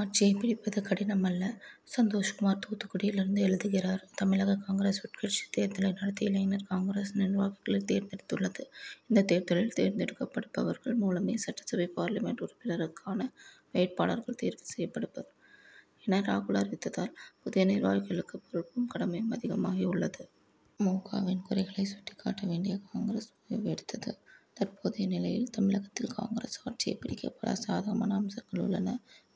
ஆட்சியைப் பிடிப்பது கடினமல்ல! சந்தோஷ்குமார் தூத்துக்குடியிலிருந்து எழுதுகிறார் தமிழக காங்கிரஸ் உட்கட்சித் தேர்தலை நடத்தி இளைஞர் காங்கிரஸ் நிர்வாகிகளைத் தேர்ந்தெடுத்துள்ளது. இந்தத் தேர்தலில் தேர்ந்து எடுக்கப்படுபவர்கள் மூலமே சட்டசபை பார்லிமென்ட் உறுப்பினருக்கான வேட்பாளர்கள் தேர்வு செய்யப்படுவர் என ராகுல் அறிவித்ததால் புதிய நிர்வாகிகளுக்கு பொறுப்பும் கடமையும் அதிகமாகி உள்ளது. மு. க.வின் குறைகளை சுட்டிக்காட்ட வேண்டிய காங்கிரஸ் ஓய்வு எடுத்தது. தற்போதைய நிலையில் தமிழகத்தில் காங்கிரஸ் ஆட்சியைப் பிடிக்க பல சாதகமான அம்சங்கள் உள்ளன.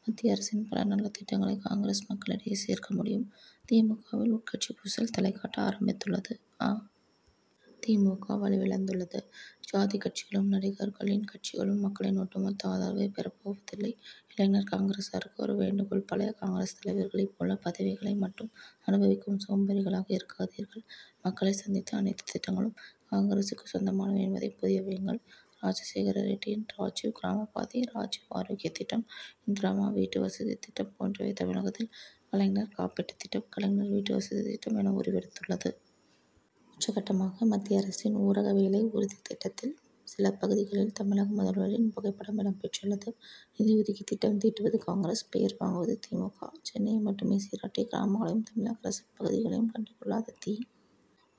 மத்திய அரசின் பல நல்ல திட்டங்களை காங்கிரஸ் மக்களிடையே சேர்க்க முடியும். தி. மு. க.வில் உட்கட்சிப்பூசல் தலைகாட்ட ஆரம்பித்துள்ளது அ. தி. மு. க. வலுவிழந்துள்ளது. ஜாதிக்கட்சிகளும் நடிகர்களின் கட்சிகளும் மக்களின் ஒட்டுமொத்த ஆதரவைப் பெறப்போவதில்லை. இளைஞர் காங்கிரசாருக்கு ஒரு வேண்டுகோள்பழைய காங்கிரஸ் தலைவர்களைப் போல பதவிகளை மட்டும் அனுபவிக்கும் சோம்பேறிகளாக இருக்காதீர்கள். மக்களைச் சந்தித்து அனைத்துத் திட்டங்களும் காங்கிரசுக்கு சொந்தமானவை என்பதை புரிய வையுங்கள். ராஜசேகர ரெட்டியின் ராஜிவ் கிராமபாதை ராஜிவ் ஆரோக்யா திட்டம் இந்திராம்மா வீட்டுவசதி திட்டம் போன்றவை தமிழகத்தில் கலைஞர் காப்பீட்டு திட்டம் கலைஞர் வீட்டு வசதி திட்டம் என உருவெடுத்துள்ளது. உச்சகட்டமாக மத்திய அரசின் ஊரக வேலை உறுதித் திட்டத்தில் சில பகுதிகளில் தமிழக முதல்வரின் புகைப்படம் இடம் பெற்றுள்ளது. நிதி ஒதுக்கி திட்டம் தீட்டுவது காங்கிரஸ் பெயர் வாங்குவது தி. மு. க. சென்னையை மட்டுமே சீராட்டி கிராமங்களையும் தமிழக பிற பகுதிகளை கண்டுகொள்ளாத தி.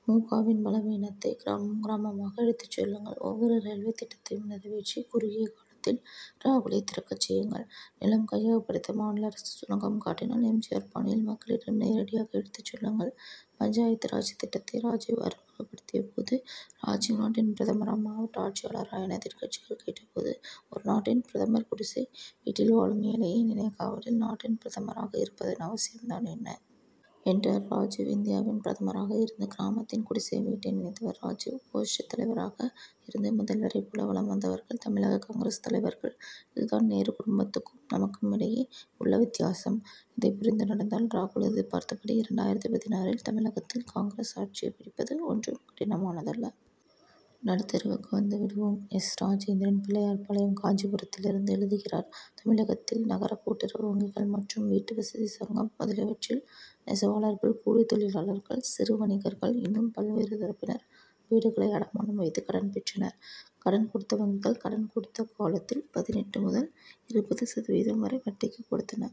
மு. க.வின் பலவீனத்தை கிராமம் கிராமமாக எடுத்துச் சொல்லுங்கள். ஒவ்வொரு ரயில்வே திட்டத்தையும் நிறைவேற்றி குறுகிய காலத்தில் ராகுலை திறக்கச் செய்யுங்கள். நிலம் கையகப்படுத்த மாநில அரசு சுணக்கம் காட்டினால் எம். ஜி. ஆர். பாணியில் மக்களிடம் நேரடியாக எடுத்துச் சொல்லுங்கள். பஞ்சாயத்து ராஜ் திட்டத்தை ராஜிவ் அறிமுகப்படுத்தியபோது ராஜிவ் நாட்டின் பிரதமரா மாவட்ட ஆட்சியாளரா என எதிர்க்கட்சிகள் கேட்டபோது ஒரு நாட்டின் பிரதமர் குடிசை வீட்டில் வாழும் ஏழையை நினைக்காவிடில் நாட்டின் பிரதமராக இருப்பதன் அவசியம் தான் என்ன! என்றார் ராஜிவ். இந்தியாவின் பிரதமராக இருந்து கிராமத்தின் குடிசை வீட்டை நினைத்தவர் ராஜிவ். கோஷ்டித் தலைவராக இருந்து முதல்வரைப் போல வலம் வந்தவர்கள் தமிழக காங்கிரஸ் தலைவர்கள். இதுதான் நேரு குடும்பத்துக்கும் நமக்குமிடையே உள்ள வித்தியாசம். இதை புரிந்து நடந்தால் ராகுல் எதிர்பார்த்தபடி இரண்டாயிரத்து பதினாறில் தமிழகத்தில் காங்கிரஸ் ஆட்சியை பிடிப்பது ஒன்றும் கடினமானதல்ல. நடுத்தெருவுக்கு வந்துவிடுவோம்! எஸ். ராஜேந்திரன் பிள்ளையார்பாளையம் காஞ்சிபுரத்திலிருந்து எழுதுகிறார் தமிழகத்தில் நகர கூட்டுறவு வங்கிகள் மற்றும் வீட்டு வசதி சங்கம் முதலியவற்றில் நெசவாளர்கள் கூலித் தொழிலாளர்கள் சிறு வணிகர்கள் இன்னும் பல்வேறு தரப்பினர் வீடுகளை அடமானம் வைத்து கடன் பெற்றனர். கடன் கொடுத்த வங்கிகள் கடன் கொடுத்த காலத்தில் பதினெட்டு முதல் இருபது சதவீதம் வரை வட்டிக்கு கொடுத்தன.